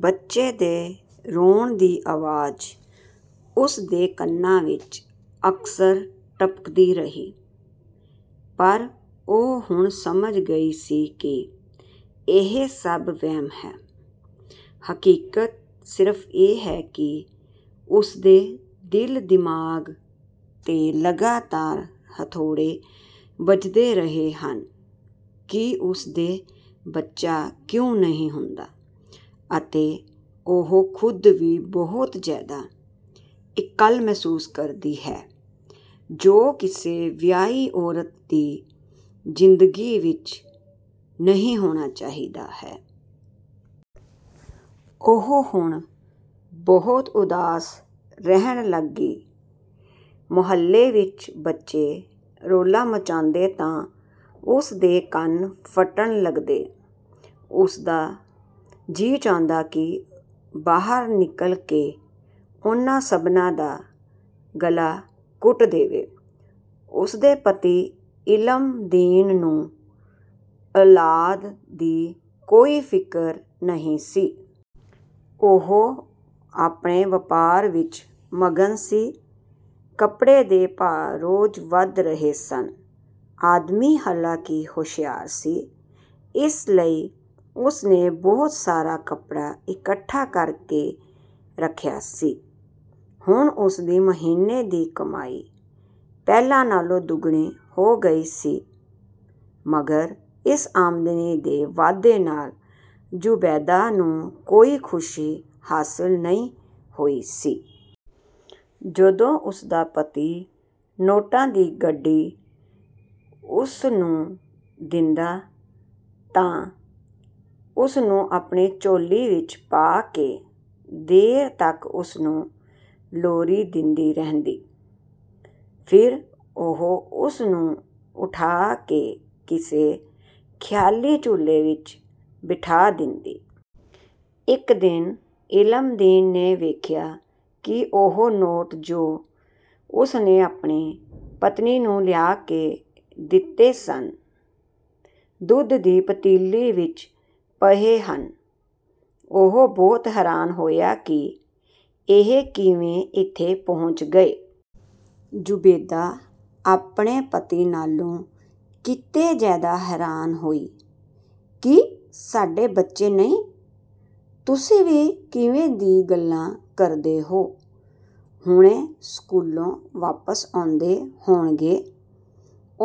ਬੱਚੇ ਦੇ ਰੋਣ ਦੀ ਅਵਾਜ਼ ਉਸਦੇ ਕੰਨਾਂ ਵਿੱਚ ਅਕਸਰ ਟਪਕਦੀ ਰਹੀ, ਪਰ ਉਹ ਹੁਣ ਸਮਝ ਗਈ ਸੀ ਕਿ ਇਹ ਸਭ ਵਹਿਮ ਹੈ। ਹਕੀਕਤ ਸਿਰਫ਼ ਇਹ ਹੈ ਕਿ ਉਸਦੇ ਦਿਲ-ਦਿਮਾਗ਼ ਤੇ ਲਗਾਤਾਰ ਹਥੌੜੇ ਵੱਜਦੇ ਰਹੇ ਹਨ ਕਿ ਉਸਦੇ ਬੱਚਾ ਕਿਉਂ ਨਹੀਂ ਹੁੰਦਾ, ਅਤੇ ਉਹ ਖ਼ੁਦ ਵੀ ਬਹੁਤ ਜ਼ਿਆਦਾ ਇਕੱਲਾ ਮਹਿਸੂਸ ਕਰਦੀ ਹੈ ਜੋ ਕਿਸੇ ਵਿਆਹੀ ਔਰਤ ਦੀ ਜ਼ਿੰਦਗੀ ਵਿੱਚ ਨਹੀਂ ਹੋਣਾ ਚਾਹੀਦਾ ਹੈ। ਉਹ ਹੁਣ ਬਹੁਤ ਉਦਾਸ ਰਹਿਣ ਲੱਗੀ। ਮੁਹੱਲੇ ਵਿੱਚ ਬੱਚੇ ਰੌਲਾ ਮਚਾਉਂਦੇ ਤਾਂ ਉਸਦੇ ਕੰਨ ਫਟਣ ਲੱਗਦੇ। ਉਸਦਾ ਜੀ ਚਾਹੁੰਦਾ ਕਿ ਬਾਹਰ ਨਿਕਲ ਕੇ ਉਨ੍ਹਾਂ ਸਭਨਾਂ ਦਾ ਗਲਾ ਘੁੱਟ ਦੇਵੇ। ਉਸਦੇ ਪਤੀ ਇਲਮਦੀਨ ਨੂੰ ਔਲਾਦ ਦੀ ਕੋਈ ਫ਼ਿਕਰ ਨਹੀਂ ਸੀ। ਉਹ ਆਪਣੇ ਵਪਾਰ ਵਿੱਚ ਮਗਨ ਸੀ। ਕੱਪੜੇ ਦੇ ਭਾਅ ਰੋਜ਼ ਵਧ ਰਹੇ ਸਨ। ਆਦਮੀ ਹਾਲਾਂਕਿ ਹੋਸ਼ਿਆਰ ਸੀ, ਇਸ ਲਈ ਉਸਨੇ ਬਹੁਤ ਸਾਰਾ ਕੱਪੜਾ ਇਕੱਠਾ ਕਰਕੇ ਰੱਖਿਆ ਸੀ। ਹੁਣ ਉਸਦੀ ਮਹੀਨੇ ਦੀ ਕਮਾਈ ਪਹਿਲਾਂ ਨਾਲ਼ੋਂ ਦੁੱਗਣੀ ਹੋ ਗਈ ਸੀ, ਮਗਰ ਇਸ ਆਮਦਨ ਦੇ ਵਾਧੇ ਨਾਲ਼ ਜ਼ੁਬੈਦਾ ਨੂੰ ਕੋਈ ਖੁਸ਼ੀ ਹਾਸਲ ਨਹੀਂ ਹੋਈ ਸੀ। ਜਦੋਂ ਉਸਦਾ ਪਤੀ ਨੋਟਾਂ ਦੀ ਗੱਡੀ ਉਸਨੂੰ ਦਿੰਦਾ, ਤਾਂ ਉਸਨੂੰ ਆਪਣੀ ਝੋਲੀ ਵਿੱਚ ਪਾ ਕੇ ਦੇਰ ਤੱਕ ਉਸ ਨੂੰ ਲੋਰੀ ਦਿੰਦੀ ਰਹਿੰਦੀ, ਫਿਰ ਉਹ ਉਸ ਨੂੰ ਉਠਾ ਕੇ ਕਿਸੇ ਖ਼ਿਆਲੀ ਝੂਲੇ ਵਿੱਚ ਬਿਠਾ ਦਿੰਦੀ। ਇੱਕ ਦਿਨ ਇਲਮਦੀਨ ਨੇ ਵੇਖਿਆ ਕਿ ਉਹ ਨੋਟ ਜੋ ਉਸਨੇ ਆਪਣੀ ਪਤਨੀ ਨੂੰ ਲਿਆ ਕੇ ਦਿੱਤੇ ਸਨ, ਦੁੱਧ ਦੀ ਪਤੀਲੀ ਵਿੱਚ ਪਏ ਹਨ। ਉਹ ਬਹੁਤ ਹੈਰਾਨ ਹੋਇਆ ਕਿ ਇਹ ਕਿਵੇਂ ਇੱਥੇ ਪਹੁੰਚ ਗਏ। ਜ਼ੁਬੈਦਾ ਆਪਣੇ ਪਤੀ ਨਾਲ਼ੋਂ ਕਿਤੇ ਜ਼ਿਆਦਾ ਹੈਰਾਨ ਹੋਈ, "ਕੀ ਸਾਡੇ ਬੱਚੇ ਨਹੀਂ? ਤੁਸੀਂ ਵੀ ਕਿਵੇਂ ਦੀ ਗੱਲਾਂ ਕਰਦੇ ਹੋ? ਹੁਣੇ ਸਕੂਲੋਂ ਵਾਪਸ ਆਉਂਦੇ ਹੋਣਗੇ,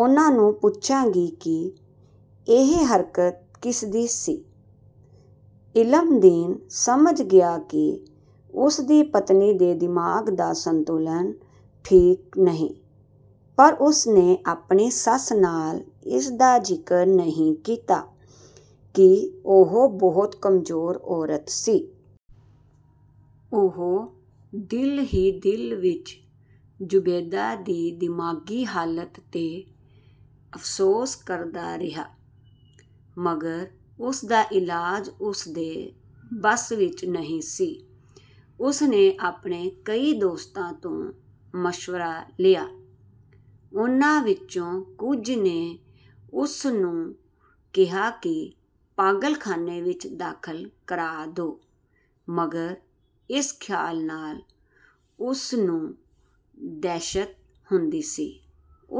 ਉਨ੍ਹਾਂ ਨੂੰ ਪੁੱਛਾਂਗੀ ਕਿ ਇਹ ਹਰਕਤ ਕਿਸਦੀ ਸੀ।" ਇਲਮਦੀਨ ਸਮਝ ਗਿਆ ਕਿ ਉਸਦੀ ਪਤਨੀ ਦੇ ਦਿਮਾਗ਼ ਦਾ ਸਤੁੰਲਨ ਨੀਕ ਨਹੀਂ, ਪਰ ਉਸਨੇ ਆਪਣੀ ਸੱਸ ਨਾਲ਼ ਇਸਦਾ ਜ਼ਿਕਰ ਨਹੀਂ ਕੀਤਾ ਕਿ ਉਹ ਬਹੁਤ ਕਮਜ਼ੋਰ ਔਰਤ ਸੀ। ਉਹ ਦਿਲ ਹੀ ਦਿਲ ਵਿੱਚ ਜ਼ੁਬੈਦਾ ਦੀ ਦਿਮਾਗ਼ੀ ਹਾਲਤ ਤੇ ਅਫ਼ਸੋਸ ਕਰਦਾ ਰਿਹਾ, ਮਗਰ ਉਸਦਾ ਇਲਾਜ ਉਸਦੇ ਬਸ ਵਿੱਚ ਨਹੀਂ ਸੀ। ਉਸਨੇ ਆਪਣੇ ਕਈ ਦੋਸਤਾਂ ਤੋਂ ਮਸ਼ਵਰਾ ਲਿਆ। ਉਨ੍ਹਾਂ ਵਿਚੋਂ ਕੁਝ ਨੇ ਉਸਨੂੰ ਕਿਹਾ ਕਿ ਪਾਗਲਖਾਨੇ ਵਿੱਚ ਦਾਖ਼ਲ ਕਰਾ ਦੋ, ਮਗਰ ਇਸ ਖ਼ਿਆਲ ਨਾਲ਼ ਉਸਨੂੰ ਦਹਿਸ਼ਤ ਹੁੰਦੀ ਸੀ।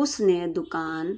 ਉਸਨੇ ਦੁਕਾਨ